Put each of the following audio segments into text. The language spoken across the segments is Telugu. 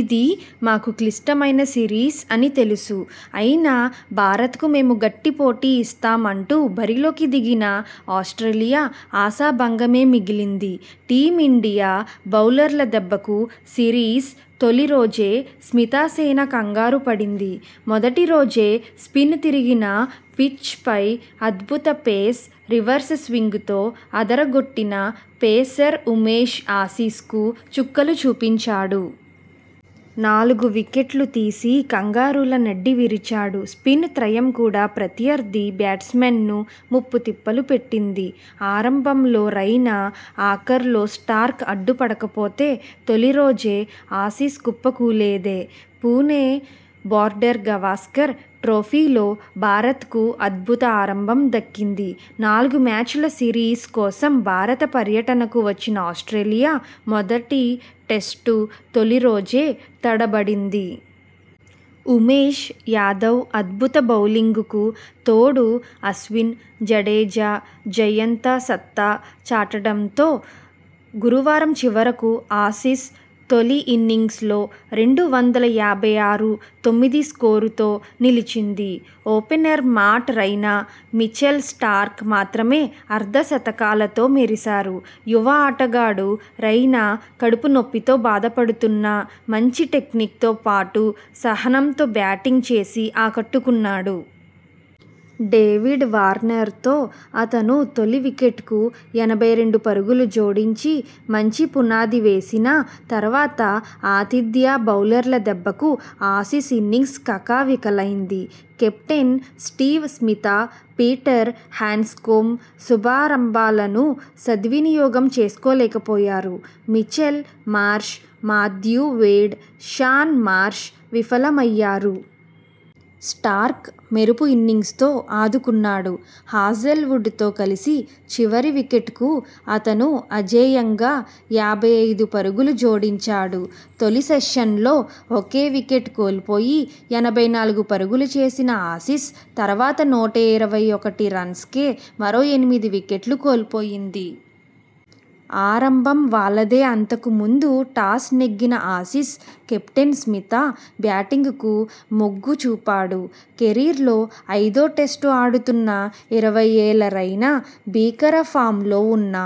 ఇది మాకు క్లిష్టమైన సిరీస్ అని తెలుసు. అయినా భారత్ కు మేం గట్టి పోటీ ఇస్తాం అంటూ బరిలోకి దిగిన ఆస్ట్రేలియా ఆశాభంగమే మిగిలింది టీమిండియా బౌలర్ల దెబ్బకు సిరీస్ తొలి రోజే స్మితసేన కంగారు పడింది. మొదటి రోజే స్పిన్ తిరిగిన పిచ్పై అద్భుత పేస్, రివర్స్ స్వింగ్తో అదరగొట్టిన పేసర్ ఉమేష్ ఆసీస్కు చుక్కలు చూపించాడు..! నాలుగు వికెట్లు తీసి కంగారూల నడ్డి విరిచాడు. స్పిన్ త్రయం కూడా ప్రత్యర్థి బ్యాట్స్మెన్ను ముప్పు తిప్పలు పెట్టింది. ఆరంభంలో రైనా ఆఖర్లో స్టార్క్ అడ్డు పడకపోతే తొలిరోజే ఆసీస్ కుప్పకూలేదే పుణె బోర్డర్ గవాస్కర్ ట్రోఫీలో భారత్కు అద్భుత ఆరంభం దక్కింది. నాలుగు మ్యాచ్ల సిరీస్ కోసం భారత పర్యటనకు వచ్చిన ఆస్ట్రేలియా మొదటి టెస్టు తొలి రోజే తడబడింది. ఉమేష్ యాదవ్ అద్భుత బౌలింగ్కు తోడు అశ్విన్, జడేజా, జయంత సత్తా చాటడంతో గురువారం చివరకు ఆసీస్ తొలి ఇన్నింగ్స్లో రెండు వందల యాభై ఆరు తొమ్మిది స్కోరుతో నిలిచింది. Opener Matt Raina, Mitchell Starc మాత్రమే అర్ధ శతకాలతో మెరిశారు. యువ ఆటగాడు రైనా కడుపు నొప్పితో బాధపడుతున్నా మంచి టెక్నిక్తో పాటు సహనంతో బ్యాటింగ్ చేసి ఆకట్టుకున్నాడు. డేవిడ్ వార్నర్ తో అతను తొలి వికెట్కు ఎనభై రెండు పరుగులు జోడించి మంచి పునాది వేసినా తర్వాత ఆతిథ్య బౌలర్ల దెబ్బకు ఆసీస్ ఇన్నింగ్స్ కకావికలైంది. Captain Steve Smith, Peter Handscomb శుభారంభాలను సద్వినియోగం చేసుకోలేకపోయారు. Mitchell Marsh, Matthew Wade, Shaun Marsh విఫలమయ్యారు. స్టార్క్ మెరుపు ఇన్నింగ్స్తో ఆదుకున్నాడు. హాజెల్వుడ్ తో కలిసి చివరి వికెట్కు అతను అజేయంగా యాభై ఐదు పరుగులు జోడించాడు. తొలి సెషన్లో ఒకే వికెట్ కోల్పోయి ఎనభై నాలుగు పరుగులు చేసిన ఆసీస్ తర్వాత నూట ఇరవై ఒకటి రన్స్కే మరో ఎనిమిది వికెట్లు కోల్పోయింది. ఆరంభం వాళ్లదే అంతకుముందు టాస్ నెగ్గిన ఆసీస్ కెప్టెన్ స్మిత బ్యాటింగ్కు మొగ్గు చూపాడు. కెరీర్లో ఐదో టెస్టు ఆడుతున్న ఇరవై ఏళ్ల రైనా, భీకర ఫామ్లో ఉన్న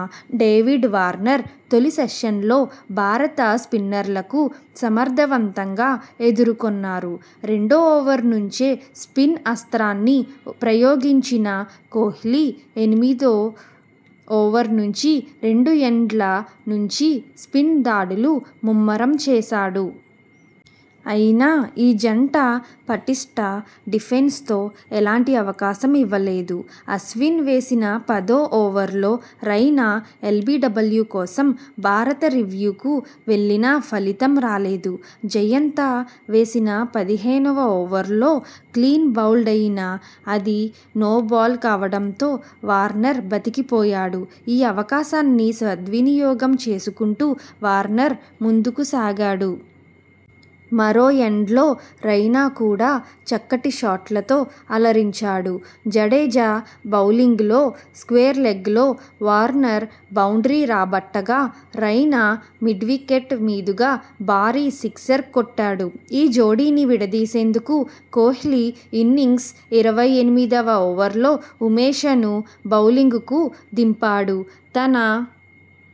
డేవిడ్ వార్నర్ తొలి సెషన్లో భారత స్పిన్నర్లకు సమర్థవంతంగా ఎదుర్కొన్నారు. రెండో ఓవర్ నుంచే స్పిన్ అస్త్రాన్ని ప్రయోగించిన కోహ్లీ ఎనిమిదో ఓవర్ నుంచి రెండు ఎండ్ల నుంచి స్పిన్ దాడులు ముమ్మరం చేశాడు. అయినా ఈ జంట పటిష్ట డిఫెన్స్తో ఎలాంటి అవకాశం ఇవ్వలేదు. అశ్విన్ వేసిన పదో ఓవర్లో రైనా ఎల్బీడబ్ల్యూ కోసం భారత రివ్యూకు వెళ్లినా ఫలితం రాలేదు. జయంత వేసిన పదిహేనువ ఓవర్లో క్లీన్బౌల్డ్ అయినా అది నోబాల్ కావడంతో వార్నర్ బతికిపోయాడు. ఈ అవకాశాన్ని సద్వినియోగం చేసుకుంటూ వార్నర్ ముందుకు సాగాడు. మరో ఎండ్లో రైనా కూడా చక్కటి షాట్లతో అలరించాడు. జడేజా బౌలింగ్లో స్క్వేర్లెగ్లో వార్నర్ బౌండ్రీ రాబట్టగా రైనా మిడ్వికెట్ మీదుగా భారీ సిక్సర్ కొట్టాడు. ఈ జోడీని విడదీసేందుకు కోహ్లీ ఇన్నింగ్స్ ఇరవై ఎనిమిదివ ఓవర్లో ఉమేషను బౌలింగ్కు దింపాడు తన